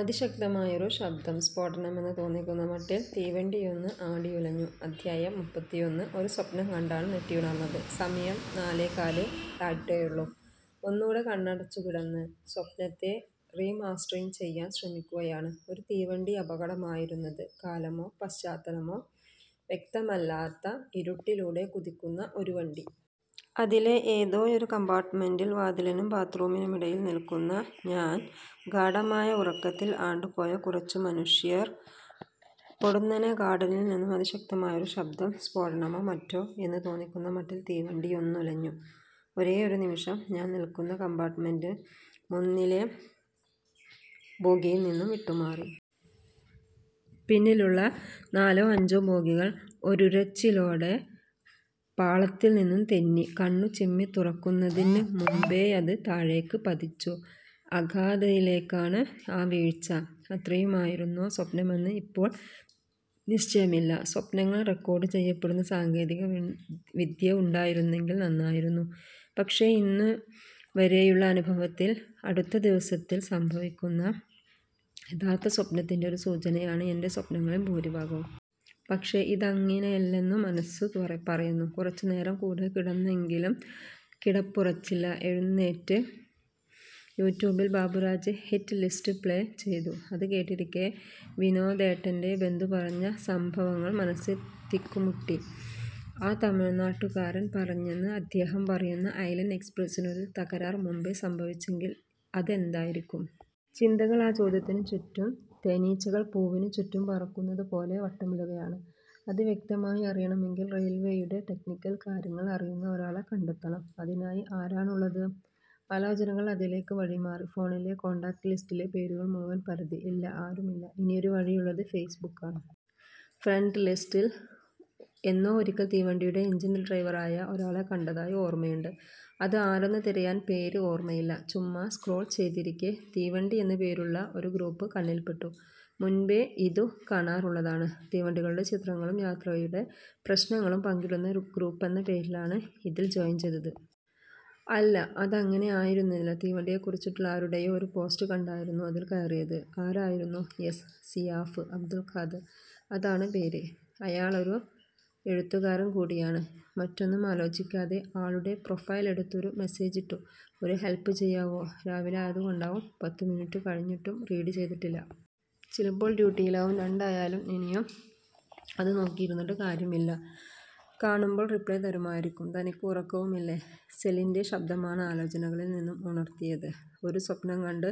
'അതിശക്തമായൊരു ശബ്ദം; സ്ഫോടനമെന്ന് തോന്നിക്കുന്ന മട്ടിൽ തീവണ്ടിയൊന്ന് ആടിയുലഞ്ഞു... ' അധ്യായം: മുപ്പത്തിയൊന്ന് ഒരു സ്വപ്നം കണ്ടാണ് ഞെട്ടിയുണർന്നത്. സമയം നാലേകാല് ആയിട്ടേയുള്ളൂ. ഒന്നുകൂടെ കണ്ണടച്ചുകിടന്ന്, സ്വപ്നത്തെ റീ മാസ്റ്ററിംഗ് ചെയ്യാൻ ശ്രമിക്കുകയാണ്. ഒരു തീവണ്ടിയപകടമായിരുന്നത്. കാലമോ പശ്ചാത്തലമോ വ്യക്തമല്ലാത്ത, ഇരൂട്ടിലൂടെ കൂതിക്കുന്ന ഒരു വണ്ടി. അതിലെ ഏതോയൊരു കംപാർട്മെന്റിൽ, വാതിലിനും ബാത്റൂമിനുമിടയിൽ നിൽക്കുന്ന ഞാൻ. ഗാഢമായ ഉറക്കത്തിൽ ആണ്ടുപോയ കുറച്ചു മനുഷ്യർ. പൊടുന്നനെ ഗാർഡനിൽ നിന്നും അതിശക്തമായൊരു ശബ്ദം. സ്ഫോടനമോ മറ്റോ എന്നു തോന്നിക്കുന്ന മട്ടിൽ തീവണ്ടിയൊന്നുലഞ്ഞു. ഒരേയൊരു നിമിഷം! ഞാൻ നിൽക്കുന്ന കംപാർട്മെന്റ് മുന്നിലെ ബോഗിയിൽ നിന്നും വിട്ടുമാറി! പിന്നിലുള്ള നാലോ അഞ്ചോ ബോഗികൾ ഒരുരച്ചിലോടെ പാളത്തിൽ നിന്നും തെന്നി. കണ്ണു ചിമ്മിത്തുറക്കുന്നതിനു മുൻപേയത് താഴേക്ക് പതിച്ചു. അഗാധയിലേക്കാണ് ആ വീഴ്ച. അത്രയുമായിരുന്നോ സ്വപ്നമെന്ന് ഇപ്പോൾ നിശ്ചയമില്ല. സ്വപ്നങ്ങൾ റെക്കോർഡുചെയ്യപ്പെടുന്ന സാങ്കേതിക വ് വിദ്യ ഉണ്ടായിരുന്നെങ്കിൽ നന്നായിരുന്നു. പക്ഷേ, ഇന്നു വരേയുള്ള അനുഭവത്തിൽ അടുത്ത ദിവസത്തിൽ സംഭവിക്കുന്ന യഥാർത്ഥ സ്വപ്നത്തിന്റെ ഒരു സൂചനയാണ് എന്റെ സ്വപ്നങ്ങളിൽ ഭൂരിഭാഗവും. പക്ഷേ, ഇതങ്ങിനയല്ലെന്നു മനസ്സു തുറ പറയുന്നു. കുറച്ചുനേരം കൂടെ കിടന്നെങ്കിലും കിടപ്പുറച്ചില്ല. എഴുന്നേറ്റ്, യൂടൂബിൽ ബാബുരാജ് ഹിറ്റ് ലിസ്റ്റ് പ്ലേ ചെയ്തു. അതു കേട്ടിരിക്കെ, വിനോദേട്ടന്റെ, ബന്ധു പറഞ്ഞ സംഭവങ്ങൾ മനസിൽ തിക്കുമുട്ടി. ആ തമിഴ്നാട്ടുകാരൻ പറഞ്ഞെന്ന്, അദ്ദേഹം പറയുന്ന ഐലന്റ് എക്സപ്രസിനൊരു തകരാർ മുൻപെ സംഭവിച്ചെങ്കിൽ അത് എന്തായിരിക്കും? ചിന്തകൾ ആ ചോദ്യത്തിനു ചുറ്റും തേനിച്ചകൾ പൂവിനു ചുറ്റും പറക്കുന്നതു പോലെ വട്ടമിടുകയാണ്. അത് വ്യക്തമായി അറിയണമെങ്കിൽ റെയിൽവേയുടെ ടെക്നിക്കൽ കാര്യങ്ങൾ അറിയുന്ന ഒരാളെ കണ്ടെത്തണം. അതിനായി ആരാണുള്ളത്? ആലോചനകൾ അതിലേക്ക് വഴിമാറി. ഫോണിലെ കോണ്ടാക്ട് ലിസ്റ്റിലെ പേരുകൾ മുഴവൻ പരതി. ഇല്ല ആരുമില്ല. ഇനിയൊരു വഴിയുള്ളത് ഫെയ്സ്ബുക്കാണ്. ഫ്രണ്ട് ലിസ്റ്റിൽ എന്നോ ഒരിക്കൽ തീവണ്ടിയുടെ എഞ്ചിൻ ഡ്രൈവറായ ഒരാളെ കണ്ടതായി ഓർമയുണ്ട്. അത് ആരെന്നു തിരയാൻ പേര് ഓർമയില്ല. ചുമ്മാ സ്ക്രോൾ ചെയ്തിരിക്കെ, തീവണ്ടി എന്നു പേരുള്ള ഒരു ഗ്രൂപ്പ് കണ്ണിൽപ്പെട്ടു. മുൻപെ ഇതു കാണാറുള്ളതാണ്. തീവണ്ടികളുടെ ചിത്രങ്ങളും യാത്രയുടെ പ്രശ്നങ്ങളും പങ്കിടുന്ന ഗ്രൂപ്പെന്ന പേരിലാണ് അതിൽ ജോയിൻ ചെയ്തത്. അല്ല, അതങ്ങനെ ആയിരുന്നില്ല. തീവണ്ടിയെക്കുറിച്ചിട്ടുള്ള ആരുടെയോ ഒരു പോസ്റ്റ് കണ്ടായിരുന്നു അതിൽ കയറിയത്. ആരായിരുന്നു? യെസ്, സിയാഫ് അബ്ദുൾ ഖാദർ. അതാണ് പേര്. അയാളൊരു എഴുത്തുകാരൻ കൂടിയാണ്. മറ്റൊന്നും ആലോചിക്കാതെ ആളുടെ പ്രൊഫൈൽ എടുത്തൊരു മെസേജിട്ടു. 'ഒരു ഹെൽപ് ചെയ്യാവോ? ' രാവിലെ ആയതുകൊണ്ടാവും പത്തുമിനുറ്റു കഴിഞിട്ടും റീഡ് ചെയ്തിട്ടില്ല. ചിലപ്പോൾ ഡ്യൂട്ടിയിലാവും. രണ്ടായാലും ഇനിയും അതു നോക്കിയിരുന്നിട്ട് കാര്യമില്ല. കാണുമ്പോൾ റിപ്ലേ തരുമായിരിക്കും. "തനിക്ക് ഉറക്കവുമില്ലേ? " സെലിന്റെ ശബ്ദമാണ് ആലോചനകളിൽ നിന്നും ഉണർത്തിയത്. "ഒരു സ്വപ്നം കണ്ട്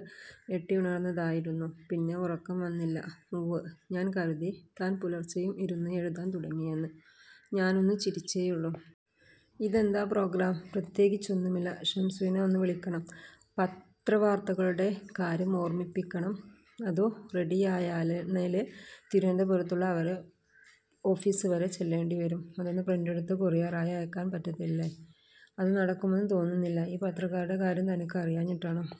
ഞെട്ടിയുണർന്നതായിരുന്നു. പിന്നെ ഉറക്കം വന്നില്ല" "ഉവ്വ്. ഞാൻ കരുതി താൻ പുലർച്ചയും ഇരുന്ന് എഴുതാൻ തുടങ്ങിയെന്ന്" ഞാനൊന്നു ചിരിച്ചേയുള്ളൂ. "ഇതെന്താ പ്രോഗ്രാം? " "പ്രത്യേകിച്ചൊന്നുമില്ല. ഷംസുവിനെ ഒന്നു വിളിക്കണം. പത്രവാർത്തകളുടെ കാര്യം ഓർമിപ്പിക്കണം. അതു റെഡിയായാല് നെല് തിരുവനന്തപുരത്തുള്ള അവരെ ഓഫീസ് വരെ ചെല്ലേണ്ടി വരും. " "അതൊന്നു പ്രിന്റെടുത്ത് കൊറിയറായി അയക്കാൻ പറ്റത്തില്ലേ? " "അതു നടക്കുമെന്നു തോന്നുന്നില്ല. ഈ പത്രക്കാരുടെ കാര്യം തനിക്ക് അറിയാഞ്ഞിട്ടാണ്.